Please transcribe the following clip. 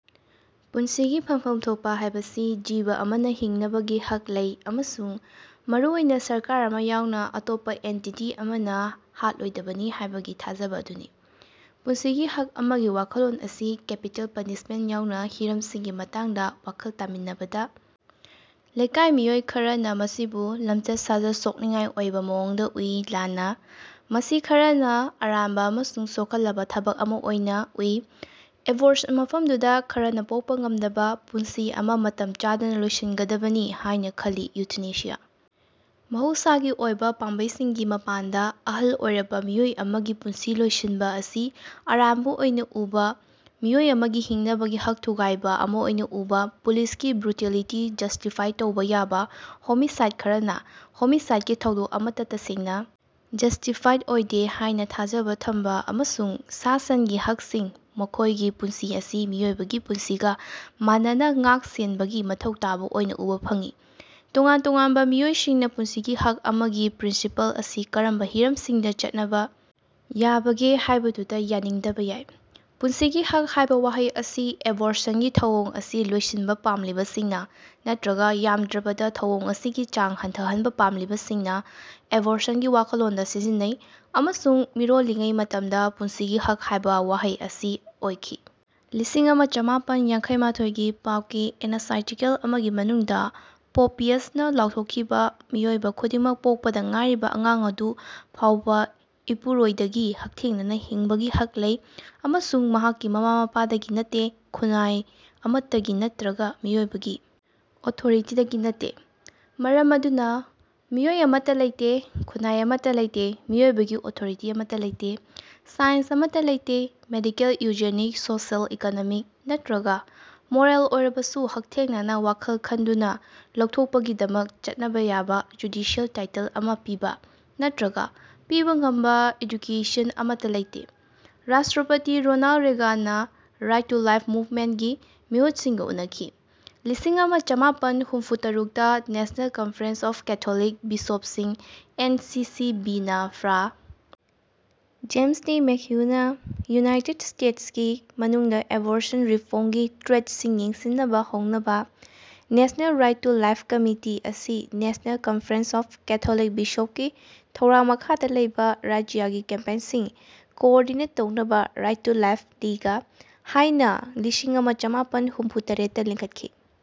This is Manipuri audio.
ꯄꯨꯟꯁꯤꯒꯤ ꯐꯪꯐꯝ ꯊꯣꯛꯄ ꯍꯥꯏꯕꯁꯤ ꯖꯤꯕ ꯑꯃꯅꯥ ꯍꯤꯡꯅꯕꯒꯤ ꯍꯛ ꯂꯩ ꯑꯃꯁꯨꯡ ꯃꯔꯨꯑꯣꯏꯅꯥ ꯁꯔꯀꯥꯔ ꯑꯃꯥ ꯌꯥꯎꯅꯥ ꯑꯇꯣꯞꯄꯥ ꯑꯦꯟꯇꯤꯇꯤ ꯑꯃꯅꯥ ꯍꯥꯠꯂꯣꯏꯗꯕꯅꯤ ꯍꯥꯏꯕꯒꯤ ꯊꯥꯖꯕꯥ ꯑꯗꯨꯅꯤ꯫ ꯄꯨꯟꯁꯤꯒꯤ ꯍꯛ ꯑꯃꯒꯤ ꯋꯥꯈꯜꯂꯣꯟ ꯑꯁꯤ ꯀꯦꯄꯤꯇꯦꯜ ꯄꯅꯤꯁꯃꯦꯟꯠ ꯌꯥꯎꯅꯥ ꯍꯤꯔꯝꯁꯤꯡꯒꯤ ꯃꯇꯥꯡꯗꯥ ꯋꯥꯈꯜ ꯇꯥꯃꯤꯟꯅꯕꯗꯥ ꯂꯩꯀꯥꯏ ꯃꯤꯑꯣꯏ ꯈꯔꯅꯥ ꯃꯁꯤꯕꯨ ꯂꯝꯆꯠ ꯁꯥꯖꯠ ꯁꯣꯛꯅꯤꯡꯉꯥꯏ ꯑꯣꯏꯕꯥ ꯃꯑꯣꯡꯗꯥ ꯎꯏ ꯂꯥꯟꯅ ꯃꯁꯤ ꯈꯔꯅꯥ ꯑꯔꯥꯟꯕꯥ ꯑꯃꯁꯨꯡ ꯁꯣꯛꯍꯜꯂꯕꯥ ꯊꯕꯛ ꯑꯃꯥ ꯑꯣꯏꯅꯥ ꯎꯏ ꯑꯦꯕꯣꯔꯁ ꯃꯐꯝꯗꯨꯗꯥ ꯈꯔꯅꯥ ꯄꯣꯛꯄꯥ ꯉꯝꯗꯕꯥ ꯄꯨꯟꯁꯤ ꯑꯃꯥ ꯃꯇꯝ ꯆꯥꯗꯅꯥ ꯂꯣꯏꯁꯤꯟꯒꯗꯕꯅꯤ ꯍꯥꯏꯅꯥ ꯈꯜꯂꯤ ꯏꯎꯊꯅꯦꯁꯤꯌꯥ ꯃꯍꯧꯁꯥꯒꯤ ꯑꯣꯏꯕꯥ ꯄꯥꯝꯕꯩꯁꯤꯡꯒꯤ ꯃꯄꯥꯟꯗꯥ ꯑꯍꯜ ꯑꯣꯏꯔꯕꯥ ꯃꯤꯑꯣꯏ ꯑꯃꯒꯤ ꯄꯨꯟꯁꯤ ꯂꯣꯏꯁꯤꯟꯕꯥ ꯑꯁꯤ ꯑꯔꯥꯟꯕꯥ ꯑꯣꯏꯅꯥ ꯎꯕꯥ ꯃꯤꯑꯣꯏ ꯑꯃꯒꯤ ꯍꯤꯡꯅꯕꯒꯤ ꯍꯛ ꯊꯨꯒꯥꯏꯕꯥ ꯑꯃꯥ ꯑꯣꯏꯅꯥ ꯎꯕꯥ ꯄꯨꯂꯤꯁꯀꯤ ꯕ꯭ꯔꯨꯇꯦꯂꯤꯇꯤ ꯖꯁ꯭ꯇꯤꯐꯥꯏ ꯇꯧꯕꯥ ꯌꯥꯕꯥ ꯍꯣꯃꯤꯁꯥꯏꯗ ꯈꯔꯅꯥ ꯍꯣꯃꯤꯁꯥꯏꯗꯀꯤ ꯊꯧꯗꯣꯛ ꯑꯃꯠꯇꯥ ꯇꯁꯦꯡꯅꯥ ꯖꯁ꯭ꯇꯤꯐꯥꯏꯗ ꯑꯣꯏꯗꯦ ꯍꯥꯏꯅꯥ ꯊꯥꯖꯕꯥ ꯊꯝꯕꯥ ꯑꯃꯁꯨꯡ ꯁꯥ ꯁꯟꯒꯤ ꯍꯛꯁꯤꯡ ꯃꯈꯣꯏꯒꯤ ꯄꯨꯟꯁꯤ ꯑꯁꯤ ꯃꯤꯑꯣꯏꯕꯒꯤ ꯄꯨꯟꯁꯤꯒꯥ ꯃꯥꯟꯅꯅꯥ ꯉꯥꯛ ꯁꯦꯟꯕꯒꯤ ꯃꯊꯧ ꯇꯥꯕꯥ ꯑꯣꯏꯅꯥ ꯎꯕꯥ ꯐꯪꯏ꯫ ꯇꯣꯉꯥꯟ ꯇꯣꯉꯥꯟꯕꯥ ꯃꯤꯑꯣꯏꯁꯤꯡꯅꯥ ꯄꯨꯟꯁꯤꯒꯤ ꯍꯛ ꯑꯃꯒꯤ ꯄ꯭ꯔꯤꯟꯁꯤꯄꯜ ꯑꯁꯤ ꯀꯔꯝꯕꯥ ꯍꯤꯔꯝꯁꯤꯡꯗꯥ ꯆꯠꯅꯕꯥ ꯌꯥꯕꯒꯦ ꯍꯥꯏꯕꯗꯨꯗꯥ ꯌꯥꯅꯤꯡꯗꯕꯥ ꯌꯥꯏ꯫ ꯄꯨꯟꯁꯤꯒꯤ ꯍꯛ ꯍꯥꯏꯕꯥ ꯋꯥꯍꯩ ꯑꯁꯤ ꯑꯦꯕꯣꯔꯁꯟꯒꯤ ꯊꯧꯑꯣꯡ ꯑꯁꯤ ꯂꯣꯏꯁꯤꯟꯕꯥ ꯄꯥꯝꯂꯤꯕꯁꯤꯡꯅꯥ ꯅꯠꯇ꯭ꯔꯒꯥ ꯌꯥꯝꯗ꯭ꯔꯕꯗꯥ ꯊꯧꯑꯣꯡ ꯑꯁꯤꯒꯤ ꯆꯥꯡ ꯍꯟꯊꯍꯟꯕꯥ ꯄꯥꯝꯂꯤꯕꯁꯤꯡꯅꯥ ꯑꯦꯕꯣꯔꯁꯟꯒꯤ ꯋꯥꯈꯜꯂꯣꯟꯗꯥ ꯁꯤꯖꯤꯟꯅꯩ ꯑꯃꯁꯨꯡ ꯃꯤꯔꯣꯜꯂꯤꯉꯩ ꯃꯇꯝꯗꯥ ꯄꯨꯟꯁꯤꯒꯤ ꯍꯛ ꯍꯥꯏꯕꯥ ꯋꯥꯍꯩ ꯑꯁꯤ ꯑꯣꯏꯈꯤ꯫ ꯂꯤꯁꯤꯡ ꯑꯃ ꯆꯃꯥꯄꯟ ꯌꯥꯡꯈꯩꯃꯥꯊꯣꯏꯒꯤ ꯄꯥꯞꯀꯤ ꯑꯦꯅꯁꯥꯏꯇꯤꯀꯦꯜ ꯑꯃꯒꯤ ꯃꯅꯨꯡꯗꯥ ꯄꯣꯞ ꯄꯤꯌꯁ ꯅꯥ ꯂꯥꯎꯊꯣꯛꯈꯤꯕꯥ ꯃꯤꯑꯣꯏꯕꯥ ꯈꯨꯗꯤꯡꯃꯛ ꯄꯣꯛꯄꯗꯥ ꯉꯥꯏꯔꯤꯕꯥ ꯑꯉꯥꯡ ꯑꯗꯨ ꯐꯥꯎꯕꯥ ꯏꯄꯨꯔꯣꯏꯗꯒꯤ ꯍꯛꯊꯦꯡꯅꯅꯥ ꯍꯤꯡꯕꯒꯤ ꯍꯛ ꯂꯩ ꯑꯃꯁꯨꯡ ꯃꯍꯥꯛꯀꯤ ꯃꯃꯥ ꯃꯄꯥꯗꯒꯤ ꯅꯠꯇꯦ ꯈꯨꯟꯅꯥꯏ ꯑꯃꯠꯇꯒꯤ ꯅꯠꯇ꯭ꯔꯒꯥ ꯃꯤꯑꯣꯏꯕꯒꯤ ꯑꯣꯊꯣꯔꯤꯇꯤꯗꯒꯤ ꯅꯠꯇꯦ꯫ ꯃꯔꯝ ꯑꯗꯨꯅꯥ ꯃꯤꯑꯣꯏ ꯑꯃꯠꯇꯥ ꯂꯩꯇꯦ ꯈꯨꯟꯅꯥꯏ ꯑꯃꯠꯇꯥ ꯂꯩꯇꯦ ꯃꯤꯑꯣꯏꯕꯒꯤ ꯑꯣꯊꯣꯔꯤꯇꯤ ꯑꯃꯠꯇꯥ ꯂꯩꯇꯦ ꯁꯥꯏꯟꯁ ꯑꯃꯠꯇꯥ ꯂꯩꯇꯦ ꯃꯦꯗꯤꯀꯦꯜ ꯏꯎꯖꯦꯅꯤꯛ ꯁꯣꯁꯤꯑꯦꯜ ꯏꯀꯣꯅꯣꯃꯤꯛ ꯅꯠꯇ꯭ꯔꯒꯥ ꯃꯣꯔꯦꯜ ꯑꯣꯏꯔꯕꯁꯨ ꯍꯛꯊꯦꯡꯅꯅꯥ ꯋꯥꯈꯜ ꯈꯟꯗꯨꯅꯥ ꯂꯧꯊꯣꯛꯄꯒꯤꯗꯃꯛ ꯆꯠꯅꯕꯥ ꯌꯥꯕꯥ ꯖꯨꯗꯤꯁꯤꯑꯦꯜ ꯇꯥꯏꯇꯜ ꯑꯃꯥ ꯄꯤꯕꯥ ꯅꯠꯇ꯭ꯔꯒꯥ ꯄꯤꯕꯥ ꯉꯝꯕꯥ ꯏꯗꯨꯀꯦꯁꯟ ꯑꯃꯠꯇꯥ ꯂꯩꯇꯦ꯫ ꯔꯥꯁ꯭ꯇꯔꯄꯇꯤ ꯔꯣꯅꯥꯜꯗ ꯔꯦꯒꯥꯅꯥ ꯔꯥꯏꯠ ꯇꯨ ꯂꯥꯏꯐ ꯃꯨꯕꯃꯦꯟꯠꯀꯤ ꯃꯤꯍꯨꯠꯁꯤꯡꯒꯥ ꯎꯅꯈꯤ꯫ ꯂꯤꯁꯤꯡ ꯑꯃ ꯆꯃꯥꯄꯟ ꯍꯨꯝꯐꯨ ꯇꯔꯨꯛꯇ ꯅꯦꯁꯅꯦꯜ ꯀꯅꯐꯔꯦꯟꯁ ꯑꯣꯐ ꯀꯦꯊꯣꯂꯤꯛ ꯕꯤꯁꯣꯞꯁꯤꯡ ꯑꯦꯟ ꯁꯤ ꯁꯤ ꯕꯤ ꯅꯥ ꯐ꯭ꯔꯥ. ꯖꯦꯝꯁ ꯇꯤ ꯃꯦꯛꯍ꯭ꯌꯨꯅꯥ ꯌꯨꯅꯥꯏꯇꯦꯗ ꯁ꯭ꯇꯦꯠꯁꯀꯤ ꯃꯅꯨꯡꯗꯥ ꯑꯦꯕꯣꯔꯁꯟ ꯔꯤꯐꯣꯔ꯭ꯝꯒꯤ ꯇ꯭ꯔꯦꯟꯗꯁꯤꯡ ꯌꯦꯡꯁꯤꯅꯕꯥ ꯍꯧꯅꯕꯥ꯫ National right to life committee ꯑꯁꯤ ꯅꯦꯁꯅꯦꯜ ꯀꯅꯐꯔꯦꯟꯁ ꯑꯣꯐ ꯀꯦꯊꯣꯂꯤꯛ ꯕꯤꯁꯣꯞꯀꯤ ꯊꯧꯔꯥꯡ ꯃꯈꯥꯗꯥ ꯂꯩꯕꯥ ꯔꯥꯖ꯭ꯌꯒꯤ ꯀꯦꯝꯄꯦꯟꯁꯤꯡ ꯀꯣꯑꯣꯔꯗꯤꯅꯦꯠ ꯇꯧꯅꯕꯥ ꯔꯥꯏꯠ ꯇꯨ ꯂꯥꯏꯐ ꯗꯤꯒ ꯍꯥꯏꯅꯥ ꯂꯤꯁꯤꯡ ꯑꯃ ꯆꯃꯥꯄꯟ ꯍꯨꯝꯐꯨ ꯇꯔꯦꯠꯇ ꯂꯤꯡꯈꯠꯈꯤ꯫